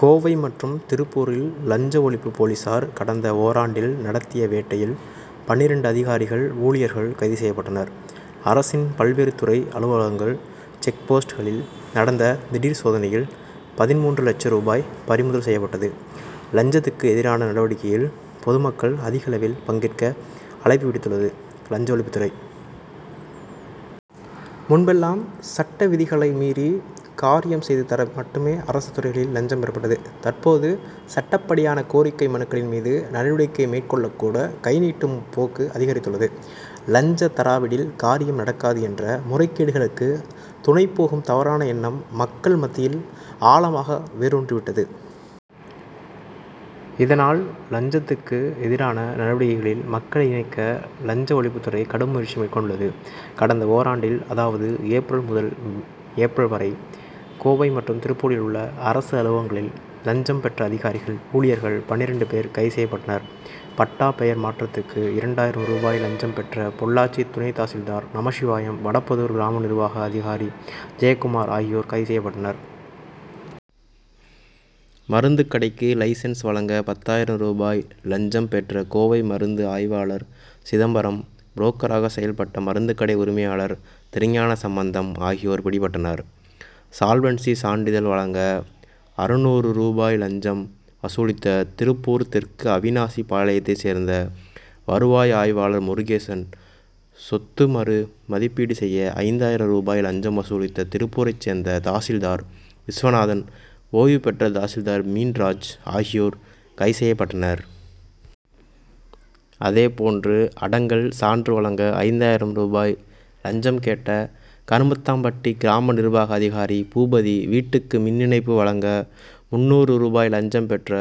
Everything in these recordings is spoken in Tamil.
கோவை மற்றும் திருப்பூரில், லஞ்ச ஒழிப்பு போலீசார் கடந்த ஓராண்டில் நடத்திய வேட்டையில் பன்னிரண்டு அதிகாரிகள், ஊழியர்கள் கைது செய்யப்பட்டனர். அரசின் பல்வேறு துறை அலுவலகங்கள், செக்போஸ்ட்களில் நடந்த திடீர் சோதனையில் பதின்மூன்று லட்சம் ரூபாய் பறி முதல் செய்யப்பட்டது. லஞ்சத்துக்கு எதிரான நடவடிக்கையில் பொதுமக்கள் அதிகளவில் பங்கேற்க அழைப்பு விடுத்துள்ளது, லஞ்ச ஒழிப்புத்துறை. முன்பெல்லாம், சட்டவிதிகளை மீறி காரியம் செய்து தர மட்டுமே அரசு துறைகளில் லஞ்சம் பெறப்பட்டது. தற்போது, சட்டப்படியான கோரிக்கை மனுக்களின் மீது நடவடிக்கை மேற்கொள்ளக்கூட, கைநீட்டும் போக்கு அதிகரித்துள்ளது. லஞ்சம் தராவிடில் காரியம் நடக்காது என்ற, முறைகேடுகளுக்கு துணைபோகும் தவறான எண்ணம், மக்கள் மத்தியில் ஆழமாக வேரூன்றிவிட்டது. இதனால், லஞ்சத்துக்கு எதிரான நடவடிக்கைகளில் மக்களை இணைக்க லஞ்ச ஒழிப்புத்துறை கடும் முயற்சி மேற்கொண்டுள்ளது. கடந்த ஓராண்டில், அதாவது, ஏப்ரல் முதல் ஏப்ரல் வரை, கோவை மற்றும் திருப்பூரிலுள்ள அரசு அலுவலகங்களில் லஞ்சம் பெற்ற அதிகாரிகள், ஊழியர்கள் பன்னிரண்டு பேர் கைது செய்யப்பட்டனர். பட்டா பெயர் மாற்றத்துக்கு இரண்டாயிரம் ரூபாய் லஞ்சம் பெற்ற பொள்ளாச்சி துணைதாசில்தார் நமசிவாயம், வடபுதூர் கிராம நிர்வாக அதிகாரி ஜெயகுமார் ஆகியோர் கைது செய்யப்பட்டனர். மருந்துக்கடைக்கு லைசென்ஸ் வழங்க பத்தாயிரம் ரூபாய் லஞ்சம் பெற்ற கோவை மருந்து ஆய்வாளர் சிதம்பரம், புரோக்கராக செயல்பட்ட மருந்துக்கடை உரிமையாளர் திருஞானசம்மந்தம் ஆகியோர் பிடிபட்டனர். சால்வன்சி சான்றிதழ் வழங்க அறுநூறு ரூபாய் லஞ்சம் வசூலித்த திருப்பூர் தெற்கு அவிநாசிபாளையத்தைச் சேர்ந்த வருவாய் ஆய்வாளர் முருகேசன், சொத்து மறு மதிப்பீடு செய்ய ஐந்தாயிரம் ரூபாய் லஞ்சம் வசூலித்த திருப்பூரைச் சேர்ந்த தாசில்தார் விஸ்வநாதன், ஓய்வு பெற்ற தாசில்தார் மீன்ராஜ் ஆகியோர் கைது செய்யப்பட்டனர். அதே போன்று, அடங்கல் சான்று வழங்க ஐந்தாயிரம் ரூபாய் லஞ்சம் கேட்ட கருமத்தம்பட்டி கிராம நிர்வாக அதிகாரி பூபதி, வீட்டுக்கு மின் இணைப்பு வழங்க முந்நூறு ரூபாய் லஞ்சம் பெற்ற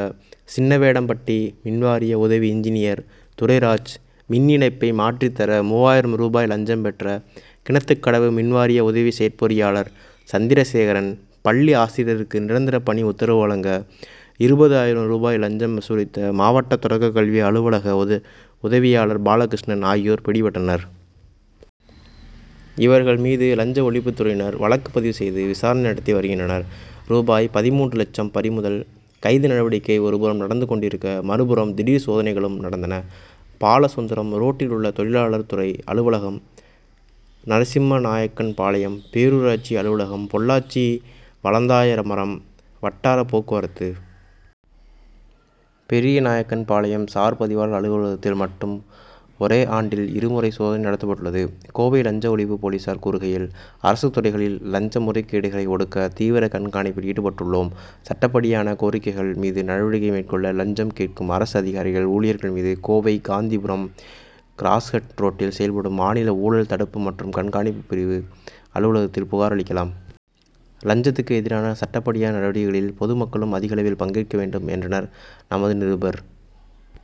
சின்னவேடம்பட்டி மின்வாரிய உதவி இன்ஜினியர் துரைராஜ், மின் இணைப்பை மாற்றித்தர மூவாயிரம் ரூபாய் லஞ்சம் பெற்ற கிணத்துக்கடவு மின்வாரிய உதவி செயற்பொறியாளர் சந்திரசேகரன், பள்ளி ஆசிரியருக்கு நிரந்தர பணி உத்தரவு வழங்க இருபது ஆயிரம் ரூபாய் லஞ்சம் வசூலித்த மாவட்ட தொடக்கல்வி அலுவலக உதவியாளர் பாலகிருஷ்ணன் ஆகியோர் பிடிபட்டனர். இவர்கள் மீது லஞ்ச ஒழிப்புத்துறையினர் வழக்குப்பதிவு செய்து விசாரணை நடத்தி வருகின்றனர். ரூ.பதின்மூன்று லட்சம் பறிமுதல்: கைது நடவடிக்கை ஒருபுறம் நடந்து கொண்டிருக்க, மறுபுறம் திடீர் சோதனைகளும் நடந்தன. பாலசுந்தரம் ரோட்டிலுள்ள தொழிலாளர் துறை அலுவலகம், நரசிம்மநாயக்கன்பாளையம் பேரூராட்சி அலுவலகம், பொள்ளாச்சி வளந்தாயமரம் வட்டார போக்குவரத்து பெரியநாயக்கன்பாளையம் சார் பதிவாளர் அலுவலகத்தில் மட்டும் ஒரே ஆண்டில் இரு முறை சோதனை நடத்தப்பட்டுள்ளது. கோவை லஞ்ச ஒழிப்பு போலீசார் கூறுகையில், "அரசுத்துறைகளில் லஞ்ச முறைகேடுகளை ஒடுக்க தீவிர கண்காணிப்பில் ஈடுபட்டுள்ளோம். சட்டப்படியான கோரிக்கைகள் மீது நடவடிக்கை மேற்கொள்ள லஞ்சம் கேட்கும் அரசு அதிகாரிகள், ஊழியர்கள் மீது கோவை, காந்திபுரம், கிராஸ்கட் ரோட்டில் செயல்படும் மாநில ஊழல் தடுப்பு மற்றும் கண்காணிப்பு பிரிவு அலுவலகத்தில் புகார் அளிக்கலாம். லஞ்சத்துக்கு எதிரான சட்டப்படியான நடவடிக்கைகளில் பொதுமக்களும் அதிகளவில் பங்கேற்ற வேண்டும்' என்றனர். நமது நிருபர் -